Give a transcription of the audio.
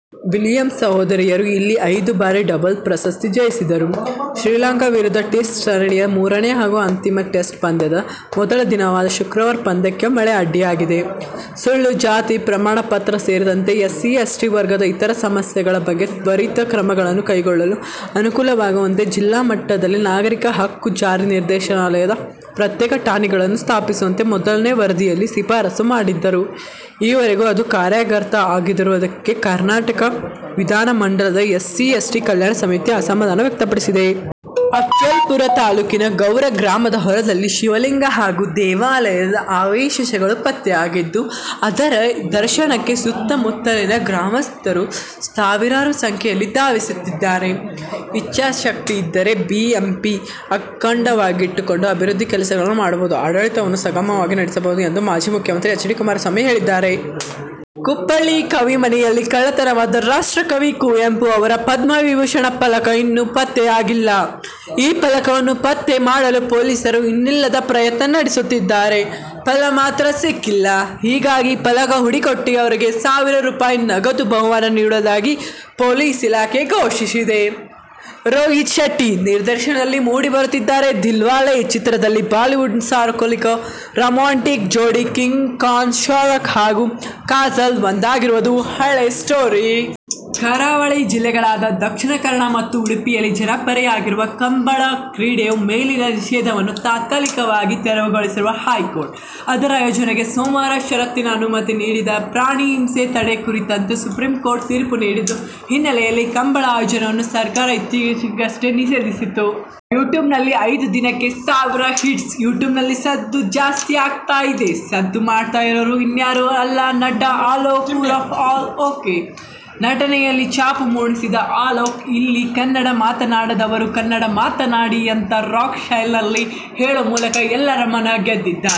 Williams ಸಹೋದರಿಯರು ಇಲ್ಲಿ ಐದು ಬಾರಿ ಡಬಲ್ಸ್ ಪ್ರಶಸ್ತಿ ಜಯಿಸಿದ್ದರು. ಶ್ರೀಲಂಕಾ ವಿರುದ್ದ ಟೆಸ್ಟ್ ಸರಣಿಯ ಮೂರನೇ ಹಾಗೂ ಅಂತಿಮ ಟೆಸ್ಟ್ ಪಂದ್ಯ ದ ಮೊದಲ ದಿನವಾದ ಶುಕ್ರವಾರ ಪಂದ್ಯಕ್ಕೆ ಮಳೆಅಡ್ಡಿಯಾಗಿದೆ. ಸುಳ್ಳು ಜಾತಿ ಪ್ರಮಾಣ ಪತ್ರ ಸೇರಿದಂತೆ ಎಸ್ಸಿ, ಎಸ್ಟಿ ವರ್ಗದ ಇತರ ಸಮಸ್ಯೆಗಳ ಬಗ್ಗೆ ತ್ವರಿತ ಕ್ರಮಗಳನ್ನು ಕೈಗೊಳ್ಳಲು ಅನುಕೂಲವಾಗುವಂತೆ ಜಿಲ್ಲಾ ಮಟ್ಟದಲ್ಲಿ ನಾಗರಿಕ ಹಕ್ಕು ಜಾರಿ ನಿರ್ದೇಶನಾಲಯದ ಪ್ರತ್ಯೇಕ ಠಾಣೆಗಳನ್ನು ಸ್ಥಾಪಿಸುವಂತೆ ಮೊದಲನೇ ವರದಿಯಲ್ಲಿ ಶಿಫಾರಸು ಮಾಡಿದ್ದರೂ, ಈವರೆಗೆ ಅದು ಕಾರ್ಯಗತ ಆಗದಿರುವುದಕ್ಕೆ ಕರ್ನಾಟಕ ವಿಧಾನಮಂಡಲದ ಎಸ್ಸಿ, ಎಸ್ಟಿ ಕಲ್ಯಾಣ ಸಮಿತಿ ಅಸಮಾಧಾನ ವ್ಯಕ್ತಪಡಿಸಿದೆ. ಅಫಜಲಪುರ ತಾಲೂಕಿನ ಗೌರ ಗ್ರಾಮದ ಹೊಲದಲ್ಲಿ ಶಿವಲಿಂಗ ಹಾಗೂ ದೇವಾಲಯದ ಅವಶೇಷಗಳು ಪತ್ತೆಯಾಗಿದ್ದು, ಇದರ ದರ್ಶನಕ್ಕೆ ಸುತ್ತಮುತ್ತಲಿನ ಗ್ರಾಮಸ್ಥರು ಸಾವಿರಾರು ಸಂಖ್ಯೆಯಲ್ಲಿ ಧಾವಿಸುತ್ತಿದ್ದಾರೆ. "ಇಚ್ಛಾಶಕ್ತಿ ಇದ್ದರೆ ಬಿಬಿಎಂಪಿ ಅಖಂಡವಾಗಿಟ್ಟುಕೊಂಡು ಅಭಿವೃದ್ಧಿ ಕೆಲಸಗಳನ್ನೂ ಮಾಡಬಹುದು. ಆಡಳಿತವನ್ನು ಸುಗಮವಾಗಿ ನಡೆಸಬಹುದು' ಎಂದು ಮಾಜಿ ಮುಖ್ಯಮಂತ್ರಿ ಎಚ್. ಡಿ. ಕುಮಾರಸ್ವಾಮಿ ಹೇಳಿದ್ದಾರೆ. ಕುಪ್ಪಳ್ಳಿಯ ಕವಿಮನೆಯಲ್ಲಿ ಕಳ್ಳತನವಾದ ರಾಷ್ಟ್ರಕವಿ ಕುವೆಂಪು ಅವರ 'ಪದ್ಮವಿಭೂಷಣ' ಫಲಕ ಇನ್ನೂ ಪತ್ತೆಯಾಗಿಲ್ಲ. ಈ ಫಲಕವನ್ನು ಪತ್ತೆ ಮಾಡಲು ಪೊಲೀಸರು ಇನ್ನಿಲ್ಲದ ಪ್ರಯತ್ನ ನಡೆಸುತ್ತಿದ್ದರೂ ಫಲ ಮಾತ್ರ ಸಿಕ್ಕಿಲ್ಲ. ಹೀಗಾಗಿ ಫಲಕ ಹುಡುಕಿಕೊಟ್ಟವರಿಗೆ ಸಾವಿರ ರೂ. ನಗದು ಬಹುಮಾನ ನೀಡುವುದಾಗಿ ಪೊಲೀಸ್ ಇಲಾಖೆ ಘೋಷಿಸಿದೆ. ರೋಹಿತ್ ಶೆಟ್ಟಿ ನಿರ್ದೇಶನದಲ್ಲಿ ಮೂಡಿ ಬರುತ್ತಿರುವ ದಿಲ್ವಾಲೆ ಚಿತ್ರದಲ್ಲಿ ಬಾಲಿವುಡ್'ನ ಸಾರ್ವಕಾಲಿಕ ರೋಮ್ಯಾಂಟಿಕ್ ಜೋಡಿ ಕಿಂಗ್ ಖಾನ್ ಶಾರೂಕ್ ಹಾಗೂ ಕಾಜೋಲ್ ಒಂದಾಗಿರುವುದು ಹಳೇ ಸ್ಟೋರಿ. ಕರಾವಳಿ ಜಿಲ್ಲೆಗಳಾದ ದಕ್ಷಿಣ ಕನ್ನಡ ಮತ್ತು ಉಡುಪಿಯಲ್ಲಿ ಜನಪ್ರಿಯವಾಗಿರುವ ಕಂಬಳ ಕ್ರೀಡೆಯ ಮೇಲಿನ ನಿಷೇಧವನ್ನು ತಾತ್ಕಾಲಿಕವಾಗಿ ತೆರವುಗೊಳಿಸಿರುವ ಹೈಕೋರ್ಟ್, ಅದರ ಆಯೋಜನೆಗೆ ಸೋಮವಾರ ಷರತ್ತಿನ ಅನುಮತಿ ನೀಡಿದೆ. ಪ್ರಾಣಿ ಹಿಂಸೆ ತಡೆ ಕುರಿತಂತೆ ಸುಪ್ರೀಂಕೋರ್ಟ್ ತೀರ್ಪು ನೀಡಿದ್ದ ಹಿನ್ನೆಲೆಯಲ್ಲಿ ಕಂಬಳ ಆಯೋಜನೆಯನ್ನು ಸರ್ಕಾರ ಇತ್ತೀಚೆಗಷ್ಟೇ ನಿಷೇಧಿಸಿತ್ತು. ಯೂಟ್ಯೂಬ್ನಲ್ಲಿ ಐದು ದಿನಕ್ಕೆ ಸಾವಿರ ಹಿಟ್ಸ್, ಯೂಟ್ಯೂಬ್ನಲ್ಲಿ ಸದ್ದು ಜಾಸ್ತಿ ಆಗ್ತಾ ಇದೆ. ಸದ್ದು ಮಾಡ್ತಾ ಇರೋರು ಇನ್ಯಾರು ಅಲ್ಲ. ನಟ ಅಲೋಕ್ ಉರುಫ್ ಆಲ್ ಓಕೆ. ನಟನೆಯಲ್ಲಿ ಛಾಪು ಮೂಡಿಸಿದ್ದ ಅಲೋಕ್ "ಇಲ್ಲಿ ಕನ್ನಡ ಮಾತನಾಡದವರು ಕನ್ನಡ ಮಾತನಾಡಿ' ಅಂತ ರಾಕ್ ಶೈಲಿಯಲ್ಲಿ ಹೇಳುವ ಮೂಲಕ ಎಲ್ಲರ ಮನ ಗೆದ್ದಿದ್ದಾರೆ.